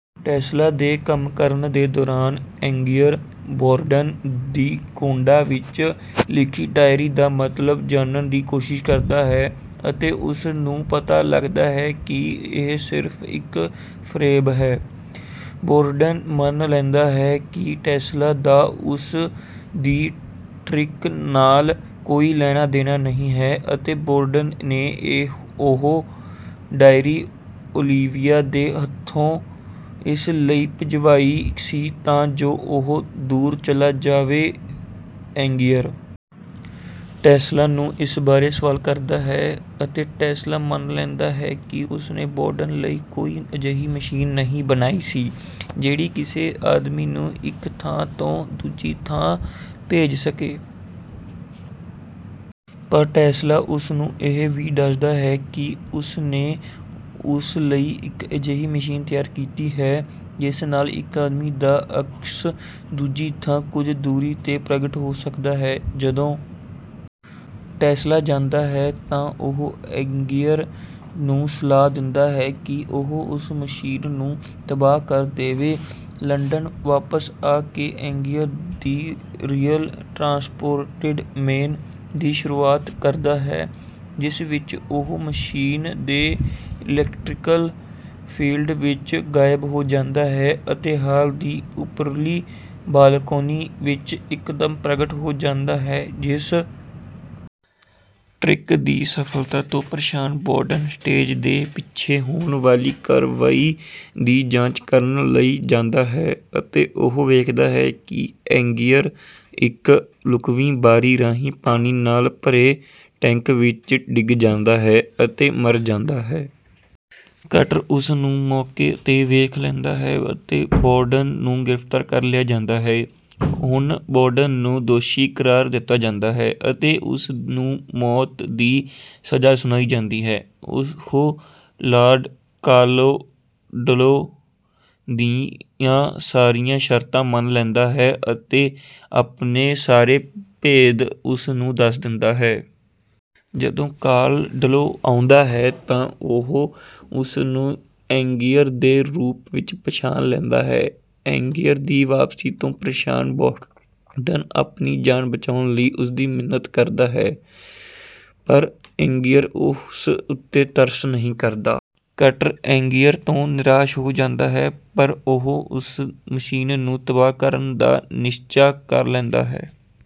Tesla ਦੇ ਕੰਮ ਕਰਨ ਦੇ ਦੌਰਾਨ ਐਂਗੀਅਰ, ਬੌਰਡਨ ਦੀ ਕੋਡਾਂ ਵਿੱਚ ਲਿਖੀ ਡਾਇਰੀ ਦਾ ਮਤਲਬ ਜਾਣਨ ਦੀ ਕੋਸ਼ਿਸ਼ ਕਰਦਾ ਹੈ ਅਤੇ ਉਸ ਨੂੰ ਪਤਾ ਲੱਗਦਾ ਹੈ ਕਿ ਇਹ ਸਿਰਫ਼ ਇੱਕ ਫ਼ਰੇਬ ਹੈ। ਬੌਰਡਨ ਮੰਨ ਲੈਂਦਾ ਹੈ ਕਿ ਟੈਸਲਾ ਦਾ ਉਸ ਦੀ ਟਰਿੱਕ ਨਾਲ ਕੋਈ ਲੈਣਾ-ਦੇਣਾ ਨਹੀਂ ਹੈ ਅਤੇ ਬੌਰਡਨ ਨੇ ਉਹ ਡਾਇਰੀ ਓਲੀਵੀਆ ਦੇ ਹੱਥੋਂ ਇਸ ਲਈ ਭਿਜਵਾਈ ਸੀ ਤਾਂ ਜੋ ਉਹ ਦੂਰ ਚਲਾ ਜਾਵੇ। ਐਂਗੀਅਰ ਟੈਸਲਾ ਨੂੰ ਇਸ ਬਾਰੇ ਸਵਾਲ ਕਰਦਾ ਹੈ ਅਤੇ ਟੈਸਲਾ ਮੰਨ ਲੈਂਦਾ ਹੈ ਕਿ ਉਸ ਨੇ ਬੌਰਡਨ ਲਈ ਕੋਈ ਅਜਿਹੀ ਮਸ਼ੀਨ ਨਹੀਂ ਬਣਾਈ ਸੀ, ਜਿਹੜੀ ਕਿਸੇ ਆਦਮੀ ਨੂੰ ਇੱਕ ਥਾਂ ਤੋਂ ਦੂਜੀ ਥਾਂ ਭੇਜ ਸਕੇ। ਪਰ ਟੈਸਲਾ ਉਸ ਨੂੰ ਇਹ ਵੀ ਦੱਸਦਾ ਹੈ ਕਿ ਉਸ ਨੇ ਉਸ ਲਈ ਇੱਕ ਅਜਿਹੀ ਮਸ਼ੀਨ ਤਿਆਰ ਕੀਤੀ ਹੈ, ਜਿਸ ਨਾਲ ਇੱਕ ਆਦਮੀ ਦਾ ਅਕਸ ਦੂਜੀ ਥਾਂ ਕੁਝ ਦੂਰੀ ’ਤੇ ਪ੍ਰਗਟ ਹੋ ਸਕਦਾ ਹੈ। ਜਦੋਂ ਟੈਸਲਾ ਜਾਂਦਾ ਹੈ ਤਾਂ ਉਹ ਐਂਗੀਅਰ ਨੂੰ ਸਲਾਹ ਦਿੰਦਾ ਹੈ ਕਿ ਉਹ ਉਸ ਮਸ਼ੀਨ ਨੂੰ ਤਬਾਹ ਕਰ ਦੇਵੇ। ਲੰਡਨ ਵਾਪਸ ਆ ਕੇ ਐਂਗੀਅਰ ‘ਦਿ ਰੀਅਲ ਟਰਾਂਸਪੋਰਟਿਡ ਮੈਨ’ ਦੀ ਸ਼ੁਰੂਆਤ ਕਰਦਾ ਹੈ, ਜਿਸ ਵਿੱਚ ਉਹ ਮਸ਼ੀਨ ਦੇ ਇਲੈਕਟ੍ਰਿਕਲ ਫ਼ੀਲਡ ਵਿੱਚ ਗਾਇਬ ਹੋ ਜਾਂਦਾ ਹੈ ਅਤੇ ਹਾਲ ਦੀ ਉੱਪਰਲੀ ਬਾਲਕੋਨੀ ਵਿੱਚ ਇੱਕਦਮ ਪ੍ਰਗਟ ਹੋ ਜਾਂਦਾ ਹੈ। ਇਸ ਟਰਿੱਕ ਦੀ ਸਫ਼ਲਤਾ ਤੋਂ ਪਰੇਸ਼ਾਨ ਬੌਰਡਨ ਸਟੇਜ ਦੇ ਪਿੱਛੇ ਹੋਣ ਵਾਲੀ ਕਾਰਵਾਈ ਦੀ ਜਾਂਚ ਕਰਨ ਲਈ ਜਾਂਦਾ ਹੈ ਅਤੇ ਉਹ ਵੇਖਦਾ ਹੈ ਕਿ ਐਂਗੀਅਰ ਇੱਕ ਲੁਕਵੀਂ ਬਾਰੀ ਰਾਹੀਂ ਪਾਣੀ ਨਾਲ ਭਰੇ ਟੈਂਕ ਵਿੱਚ ਡਿੱਗ ਜਾਂਦਾ ਹੈ ਅਤੇ ਮਰ ਜਾਂਦਾ ਹੈ। ਕਟਰ ਉਸ ਨੂੰ ਮੌਕੇ ’ਤੇ ਵੇਖ ਲੈਂਦਾ ਹੈ ਅਤੇ ਬੌਰਡਨ ਨੂੰ ਗ੍ਰਿਫ਼ਤਾਰ ਕਰ ਲਿਆ ਜਾਂਦਾ ਹੈ। ਹੁਣ ਬੌਰਡਨ ਨੂੰ ਦੋਸ਼ੀ ਕਰਾਰ ਦਿੱਤਾ ਜਾਂਦਾ ਹੈ ਅਤੇ ਉਸ ਨੂੰ ਮੌਤ ਦੀ ਸਜ਼ਾ ਸੁਣਾਈ ਜਾਂਦੀ ਹੈ। ਉਹ ਲਾਰਡ ਕਾਲਡਲੋ ਦੀਆਂ ਸਾਰੀਆਂ ਸ਼ਰਤਾਂ ਮੰਨ ਲੈਂਦਾ ਹੈ ਅਤੇ ਆਪਣੇ ਸਾਰੇ ਭੇਦ ਉਸ ਨੂੰ ਦੱਸ ਦਿੰਦਾ ਹੈ। ਜਦੋਂ ਕਾਲਡਲੋ ਆਉਂਦਾ ਹੈ ਤਾਂ ਉਹ ਉਸ ਨੂੰ ਐਂਗੀਅਰ ਦੇ ਰੂਪ ਵਿੱਚ ਪਛਾਣ ਲੈਂਦਾ ਹੈ। ਐਂਗੀਅਰ ਦੀ ਵਾਪਸੀ ਤੋਂ ਪਰੇਸ਼ਾਨ ਬੌਰਡਨ ਆਪਣੀ ਜਾਨ ਬਚਾਉਣ ਲਈ ਉਸ ਦੀ ਮਿੰਨਤ ਕਰਦਾ ਹੈ, ਪਰ ਐਂਗੀਅਰ ਉਸ ਉੱਤੇ ਤਰਸ ਨਹੀਂ ਕਰਦਾ। ਕਟਰ ਐਂਗੀਅਰ ਤੋਂ ਨਿਰਾਸ਼ ਹੋ ਜਾਂਦਾ ਹੈ, ਪਰ ਉਹ ਉਸ ਮਸ਼ੀਨ ਨੂੰ ਤਬਾਹ ਕਰਨ ਦਾ ਨਿਸ਼ਚਾ ਕਰ ਲੈਂਦਾ ਹੈ।